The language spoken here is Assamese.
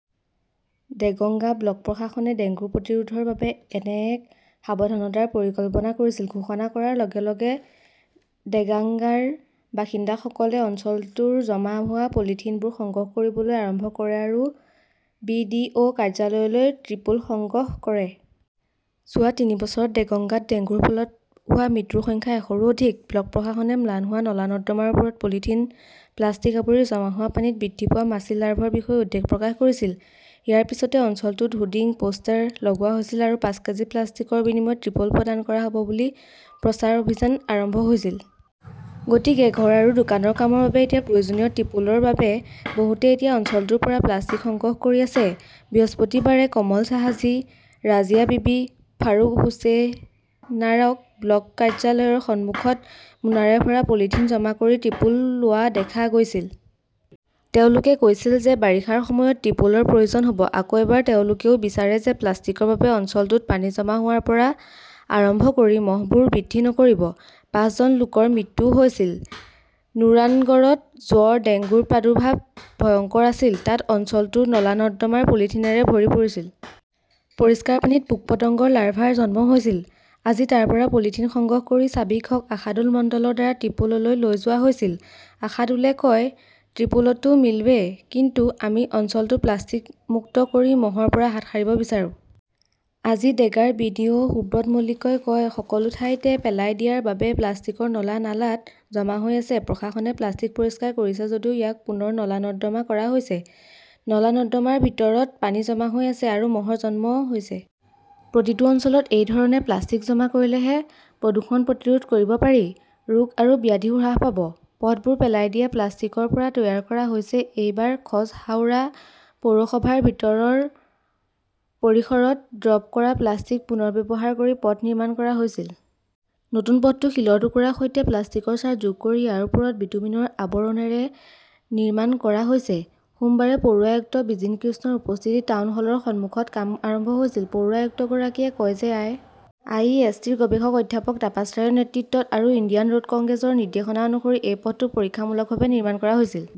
দেগঙ্গা ব্লক প্ৰশাসনে ডেংগু প্ৰতিৰোধৰ বাবে এনে এক সাৱধানতাৰ পৰিকল্পনা কৰিছিল। ঘোষণা কৰাৰ লগে -লগে দেগাঙ্গাৰ বাসিন্দাসকলে অঞ্চলটোৰ জমা হোৱা পলিথিনবোৰ সংগ্ৰহ কৰিবলৈ আৰম্ভ কৰে আৰু বি. ডি. অ কাৰ্যালয়লৈ ট্ৰিপল সংগ্ৰহ কৰে। যোৱা তিনি বছৰত দেগঙ্গাত ডেংগুৰ ফলত হোৱা মৃত্যুৰ সংখ্যা এশৰো অধিক। ব্লক প্ৰশাসনে ম্লান হোৱা নলা-নৰ্দমাৰ ওপৰত পলিথিন, প্লাষ্টিক আৱৰি জমা হোৱা পানীত বৃদ্ধি পোৱা মাছিৰ লাৰ্ভৰ বিষয়ে উদ্বেগ প্ৰকাশ কৰিছিল। ইয়াৰ পিছতে অঞ্চলটোত হোৰ্ডিং, পোষ্টাৰ লগোৱা হৈছিল আৰু পাঁচ কেজি প্লাষ্টিকৰ বিনিময়ত ত্ৰিপল প্ৰদান কৰা হ'ব বুলি প্ৰচাৰ অভিযান আৰম্ভ হৈছিল। গতিকে ঘৰ আৰু দোকানৰ কামৰ বাবে প্ৰয়োজনীয় ত্ৰিপলৰ বাবে বহুতে এতিয়া অঞ্চলটোৰ পৰা প্লাষ্টিক সংগ্ৰহ কৰি আছে। বৃহস্পতিবাৰে কমল চাহাজী, ৰাজিয়া বিবি, ফাৰুক হোছেনেৰাক ব্লক কাৰ্যালয়ৰ সন্মুখত মোনাৰে ভৰা পলিথিন জমা কৰি ট্ৰিপল লোৱা দেখা গৈছিল। তেওঁলোকে কৈছিল যে, বাৰিষাৰ সময়ত ত্ৰিপলৰ প্ৰয়োজন হ 'ব ।আকৌ এবাৰ তেওঁলোকেও বিচাৰে যে প্লাষ্টিকৰ বাবে অঞ্চলটোত পানী জমা হোৱাৰ পৰা আৰম্ভ কৰি মহবোৰ বৃদ্ধি নকৰিব। পাঁচজন লোকৰ মৃত্যুও হৈছিল। নুৰানগৰত জ্বৰ, ডেংগুৰ প্ৰাদুৰ্ভাৱ ভয়ংকৰ আছিল তাত অঞ্চলটোৰ নলা-নৰ্দমা পলিথিনৰে ভৰি পৰিছিল। পৰিষ্কাৰ পানীত পোক-পতংগৰ লাৰ্ভাৰ জন্ম হৈছিল। আজি তাৰ পৰা পলিথিন সংগ্ৰহ কৰি চাবিক হক, আশাদুল মণ্ডলৰ দ্বাৰা ত্ৰিপললৈ লৈ যোৱা হৈছিল। আশাদুলে কয়, ত্ৰিপল তো মিলবে। কিন্তু আমি অঞ্চলটো প্লাষ্টিক মুক্ত কৰি মহৰ পৰা হাত সাৰিব বিচাৰো। আজি দেগাৰ বি. ডি. অ সুব্ৰত মল্লিকই কয়, সকলো ঠাইতে পেলাই দিয়াৰ বাবে প্লাষ্টিকৰ নলা নালাত জমা হৈ আছে। প্ৰশাসনে প্লাষ্টিক পৰিষ্কাৰ কৰিছে যদিও ইয়াক পুনৰ নলা-নৰ্দমা কৰা হৈছে। নলা-নৰ্দমাৰ ভিতৰত পানী জমা হৈ আছে আৰু মহৰ জন্ম হৈছে। প্ৰতিটো অঞ্চলত এই ধৰণে প্লাষ্টিক জমা কৰিলেহে প্ৰদূষণ প্ৰতিৰোধ কৰিব পাৰি। ৰোগ আৰু ব্যাধিও হ্ৰাস পাব। পথবোৰ পেলাই দিয়া প্লাষ্টিকৰ পৰা তৈয়াৰ কৰা হৈছে এইবাৰ খছ হাওৰা পৌৰসভাৰ ভিতৰৰ পৰিসৰত ড্ৰপ কৰা প্লাষ্টিক পুনৰ ব্যৱহাৰ কৰি পথ নিৰ্মাণ কৰা হৈছিল। নতুন পথটো শিলৰ টুকুৰাৰ সৈতে প্লাষ্টিকৰ ছাৰ্ট যোগ কৰি ইয়াৰ ওপৰত বিটুমিনৰ আৱৰণৰে নিৰ্মাণ কৰা হৈছে। সোমবাৰে পৌৰ আয়ুক্ত বিজিন কৃষ্ণৰ উপস্থিতিত টাউন হলৰ সন্মুখত কাম আৰম্ভ হৈছিল। পৌৰ আয়ুক্তগৰাকীয়ে কয় যে I. I. E. S. T. -ৰ গৱেষক অধ্যাপক তাপাস ৰায়ৰ নেতৃত্বত আৰু ইণ্ডিয়ান ৰোড কংগ্ৰেছৰ নিৰ্দেশনা অনুসৰি এই পথটো পৰীক্ষামূলকভাৱে নিৰ্মাণ কৰা হৈছিল।